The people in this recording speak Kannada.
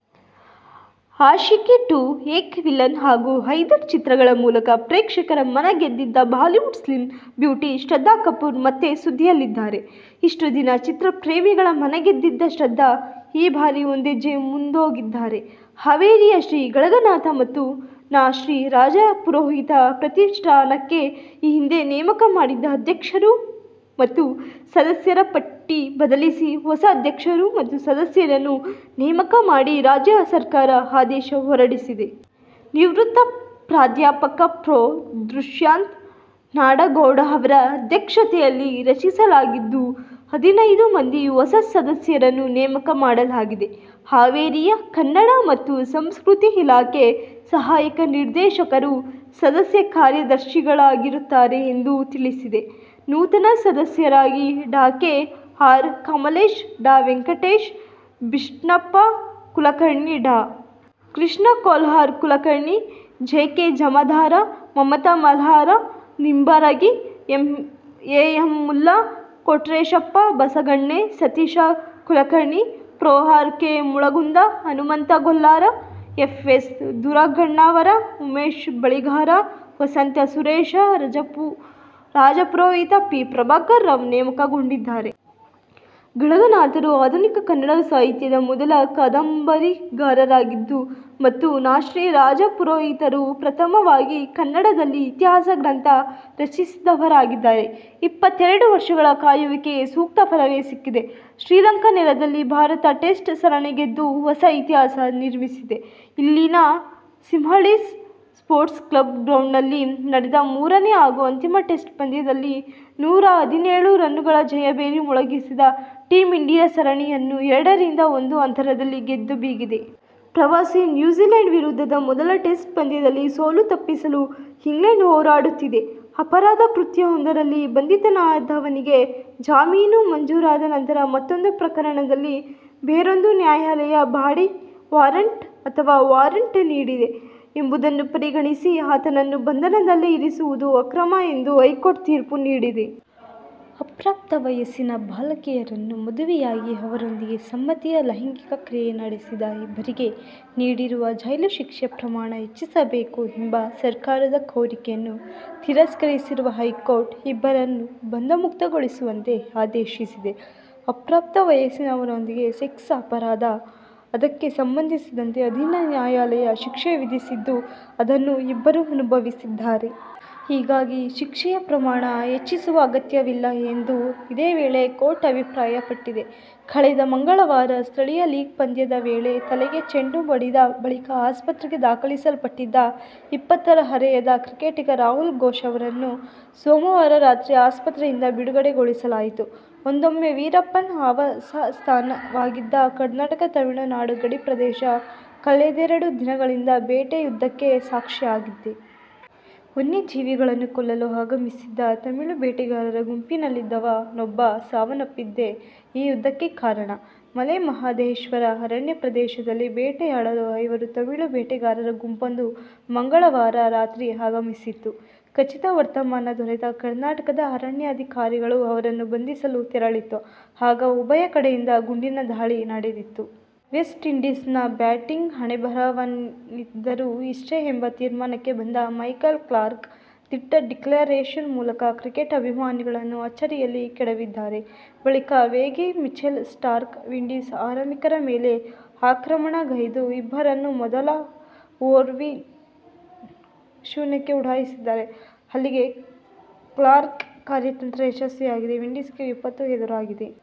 ಆಶಿಖೀ ಟು, ಏಕ್ ವಿಲನ್ ಹಾಗೂ ಹೈದರ್ ಚಿತ್ರಗಳ ಮೂಲಕ ಪ್ರೇಕ್ಷಕರ ಮನಗೆದ್ದಿದ್ದ ಬಾಲಿವುಡ್ ಸ್ಲಿಂ ಬ್ಯೂಟಿ ಶ್ರದ್ಧಾ ಕಪೂರ್ ಮತ್ತೆ ಸುದ್ದಿಯಲ್ಲಿದ್ದಾರೆ. ಇಷ್ಟು ದಿನ ಚಿತ್ರಪ್ರೇಮಿಗಳ ಮನಗೆದಿದ್ದ ಶ್ರದ್ದಾ ಈ ಬಾರಿ ಒಂದೆಜ್ಜೆ ಮುಂದೊಗಿದ್ದಾರೆ. ಹಾವೇರಿಯ ಶ್ರೀ ಗಳಗನಾಥ ಮತ್ತು ನಾ. ಶ್ರೀ. ರಾಜಪುರೋಹಿತ ಪ್ರತಿಷ್ಠಾನಕ್ಕೆ ಈ ಹಿಂದೆ ನೇಮಕ ಮಾಡಿದ್ದ ಅಧ್ಯಕ್ಷರು ಮತ್ತು ಸದಸ್ಯರ ಪಟ್ಟಿ ಬದಲಿಸಿ ಹೊಸ ಅಧ್ಯಕ್ಷರು ಮತ್ತು ಸದಸ್ಯರನ್ನು ನೇಮಕ ಮಾಡಿ ರಾಜ್ಯ ಸರ್ಕಾರ ಆದೇಶ ಹೊರಡಿಸಿದೆ. ನಿವೃತ್ತ ಪ್ರಾಧ್ಯಾಪಕ ಪ್ರೊ. ದುಷ್ಯಂತ ನಾಡಗೌಡ ಅವರ ಅಧ್ಯಕ್ಷತೆಯಲ್ಲಿ ರಚಿಸಲಾಗಿದ್ದು, ಹದಿನೈದು ಮಂದಿ ಹೊಸ ಸದಸ್ಯರನ್ನು ನೇಮಕ ಮಾಡಲಾಗಿದೆ. ಹಾವೇರಿಯ ಕನ್ನಡ ಮತ್ತು ಸಂಸ್ಕೃತಿ ಇಲಾಖೆ ಸಹಾಯಕ ನಿರ್ದೇಶಕರು ಸದಸ್ಯ ಕಾರ್ಯದರ್ಶಿಗಳಾಗಿರುತ್ತಾರೆ ಎಂದು ತಿಳಿಸಿದೆ. ನೂತನ ಸದಸ್ಯರಾಗಿ ಡಾ. ಕೆ. ಆರ್. ಕಮಲೇಶ್, ಡಾ. ವೆಂಕಟೇಶ್ ಬಿಷ್ಟಪ್ಪ ಕುಲಕರ್ಣಿ, ಡಾ. Krishna Kolhar Kulkarni, J. K. Jamadar, Mamata Malhar Nimbaragi, A. M. Mulla, Kotreshappa Basaganne, Satish Kulkarni, ಪ್ರೊ. R. K. Mulagund, Hanumant Gollar, F. S. Duragannavar, Umesh Baligar, Vasant Suresh Rajpurohit, P. Prabhakar Rao ನೇಮಕಗೊಂಡಿದ್ದಾರೆ. ಗಳಗನಾಥರು ಆಧುನಿಕ ಕನ್ನಡ ಸಾಹಿತ್ಯದ ಮೊದಲ ಕಾದಂಬರಿಕಾರರಾಗಿದ್ದು ಮತ್ತು ನಾ. ಶ್ರೀ. ರಾಜಪುರೋಹಿತರು ಪ್ರಥಮವಾಗಿ ಕನ್ನಡದಲ್ಲಿ ಇತಿಹಾಸ ಗ್ರಂಥ ರಚಿಸಿದವರಾಗಿದ್ದಾರೆ. ಇಪ್ಪತ್ತೆರಡು ವರ್ಷಗಳ ಕಾಯುವಿಕೆಗೆ ಸೂಕ್ತ ಫಲವೇ ಸಿಕ್ಕಿದೆ. ಶ್ರೀಲಂಕಾ ನೆಲದಲ್ಲಿ ಭಾರತ ಟೆಸ್ಟ್ ಸರಣಿ ಗೆದ್ದು ಹೊಸ ಇತಿಹಾಸ ನಿರ್ಮಿಸಿದೆ. ಇಲ್ಲಿನ ಸಿಂಹಳೀಸ್ ನ್ಪೋರ್ಟ್ಸ್ ಕ್ಲಬ್ ಗ್ರೌಂಡ್ನಲ್ಲಿ ನಡೆದ ಮೂರನೇ ಹಾಗೂ ಅಂತಿಮ ಟೆಸ್ಟ್ ಪಂದ್ಯದಲ್ಲಿ ನೂರಾ ಹದಿನೇಳು ರನ್ನುಗಳ ಜಯಭೇರಿ ಮೊಳಗಿಸಿದ ಟೀಮ್ ಇಂಡಿಯಾ, ಸರಣಿಯನ್ನು ಎರಡರಿಂದ ಒಂದು ಅಂತರದಿಂದ ಗೆದ್ದು ಬೀಗಿದೆ. ಪ್ರವಾಸಿ ನ್ಯೂಜಿಲ್ಯಾಂಡ್ ವಿರುದ್ಧದ ಮೊದಲ ಟೆಸ್ಟ್ ಪಂದ್ಯದಲ್ಲಿ ಸೋಲು ತಪ್ಪಿಸಲು ಇಂಗ್ಲೆಂಡ್ ಹೋರಾಡುತ್ತಿದೆ. ಅಪರಾಧ ಕೃತ್ಯವೊಂದರಲ್ಲಿ ಬಂಧಿತನಾದವನಿಗೆ ಜಾಮೀನು ಮಂಜೂರಾದ ನಂತರ ಮತ್ತೊಂದು ಪ್ರಕರಣದಲ್ಲಿ ಬೇರೊಂದು ನ್ಯಾಯಾಲಯ ಬಾಡಿ ವಾರಂಟ್ ಅಥವಾ ವಾರಂಟ್ ನೀಡಿದೆ ಎಂಬುದನ್ನು ಪರಿಗಣಿಸಿ ಆತನನ್ನು ಬಂಧನದಲ್ಲೇ ಇರಿಸುವುದು ಅಕ್ರಮ ಎಂದು ಹೈಕೋರ್ಟ್ ತೀರ್ಪು ನೀಡಿದೆ. ಅಪ್ರಾಪ್ತ ವಯಸ್ಸಿನ ಬಾಲಕಿಯರನ್ನು ಮದುವೆಯಾಗಿ ಅವರೊಂದಿಗೆ ಸಮ್ಮತಿಯ ಲೈಂಗಿಕ ಕ್ರಿಯೆ ನಡೆಸಿದ ಇಬ್ಬರಿಗೆ ನೀಡಿರುವ ಜೈಲು ಶಿಕ್ಷೆ ಪ್ರಮಾಣ ಹೆಚ್ಚಿಸಬೇಕು ಎಂಬ ಸರ್ಕಾರದ ಕೋರಿಕೆಯನ್ನು ತಿರಸ್ಕರಿಸಿರುವ ಹೈಕೋರ್ಟ್, ಇಬ್ಬರನ್ನೂ ಬಂಧಮುಕ್ತಗೊಳಿಸುವಂತೆ ಆದೇಶಿಸಿದೆ. ಅಪ್ರಾಪ್ತ ವಯಸ್ಸಿನವರೊಂದಿಗೆ ಸೆಕ್ಸ್ ಅಪರಾಧ. ಅದಕ್ಕೆ ಸಂಬಂಧಿಸಿದಂತೆ ಅಧೀನ ನ್ಯಾಯಾಲಯ ಶಿಕ್ಷೆ ವಿಧಿಸಿದ್ದು, ಅದನ್ನು ಇಬ್ಬರೂ ಅನುಭವಿಸಿದ್ದಾರೆ. ಹೀಗಾಗಿ ಶಿಕ್ಷೆಯ ಪ್ರಮಾಣ ಹೆಚ್ಚಿಸುವ ಅಗತ್ಯವಿಲ್ಲ ಎಂದು ಇದೇ ವೇಳೆ ಕೋರ್ಟ್ ಅಭಿಪ್ರಾಯಪಟ್ಟಿದೆ. ಕಳೆದ ಮಂಗಳವಾರ ಸ್ಥಳೀಯ ಲೀಗ್ ಪಂದ್ಯದ ವೇಳೆ ತಲೆಗೆ ಚೆಂಡು ಬಡಿದ ಬಳಿಕ ಆಸ್ಪತ್ರೆಗೆ ದಾಖಲಿಸಲ್ಪಟ್ಟಿದ್ದ ಇಪ್ಪತ್ತರ ಹರೆಯದ ಕ್ರಿಕೆಟಿಗ ರಾಹುಲ್ ಘೋಷ್ ಅವರನ್ನು ಸೋಮವಾರ ರಾತ್ರಿ ಆಸ್ಪತ್ರೆಯಿಂದ ಬಿಡುಗಡೆಗೊಳಿಸಲಾಯಿತು. ಒಂದೊಮ್ಮೆ ವೀರಪ್ಪನ್ ಆವಾಸಸ್ಥಾನವಾಗಿದ್ದ ಕರ್ನಾಟಕ-ತಮಿಳುನಾಡು ಗಡಿ ಪ್ರದೇಶ ಕಳೆದೆರಡು ದಿನಗಳಿಂದ ಬೇಟೆಯುದ್ಧಕ್ಕೆ ಸಾಕ್ಷಿಯಾಗಿದೆ. ವನ್ಯಜೀವಿಗಳನ್ನು ಕೊಲ್ಲಲು ಆಗಮಿಸಿದ್ದ ತಮಿಳು ಬೇಟೆಗಾರರ ಗುಂಪಿನಲ್ಲಿದ್ದವ ನೊಬ್ಬ ಸಾವನ್ನಪ್ಪಿದ್ದೇ ಈ ಯುದ್ಧಕ್ಕೆ ಕಾರಣ. ಮಲೆ ಮಹದೇಶ್ವರ ಅರಣ್ಯ ಪ್ರದೇಶದಲ್ಲಿ ಬೇಟೆಯಾಡಲು ಐವರು ತಮಿಳು ಬೇಟೆಗಾರರ ಗುಂಪೊಂದು ಮಂಗಳವಾರ ರಾತ್ರಿ ಆಗಮಿಸಿತ್ತು. ಖಚಿತ ವರ್ತಮಾನ ದೊರೆತ ಕರ್ನಾಟಕದ ಅರಣ್ಯಾಧಿಕಾರಿಗಳು ಅವರನ್ನು ಬಂಧಿಸಲು ತೆರಳಿತ್ತು. ಆಗ ಉಭಯ ಕಡೆಯಿಂದ ಗುಂಡಿನ ದಾಳಿ ನಡೆದಿತ್ತು. ವೆಸ್ಟ್ ಇಂಡೀಸಿನ ಬ್ಯಾಟಿಂಗ್ ಹಣೆಬರಹವೇನಿದ್ದರೂ ಇಷ್ಟೇ ಎಂಬ ತೀರ್ಮಾನಕ್ಕೆ ಬಂದ ಮೈಕಲ್ ಕ್ಲಾರ್ಕ್ ದಿಟ್ಟ ಡಿಕ್ಲರೇಷನ್ ಮೂಲಕ ಕ್ರಿಕೆಟ್ ಅಭಿಮಾನಿಗಳನ್ನು ಅಚ್ಚರಿಯಲ್ಲಿ ಕೆಡವಿದ್ದಾರೆ. ಬಳಿಕ ವೇಗಿ ಮಿಚೆಲ್ ಸ್ಟಾರ್ಕ್ ವಿಂಡೀಸ್ ಆರಂಭಿಕರ ಮೇಲೆ ಆಕ್ರಮಣಗೈದು ಇಬ್ಬರನ್ನೂ ಮೊದಲ ಓವರಿನಲ್ಲೇ ಶೂನ್ಯಕ್ಕೆ ಉಡಾಯಿಸಿದ್ದಾರೆ. ಅಲ್ಲಿಗೆ ಕ್ಲಾರ್ಕ್ ಕಾರ್ಯತಂತ್ರ ಯಶಸ್ವಿಯಾಗಿದೆ; ವಿಂಡೀಸಿಗೆ ವಿಪತ್ತು ಎದುರಾಗಿದೆ.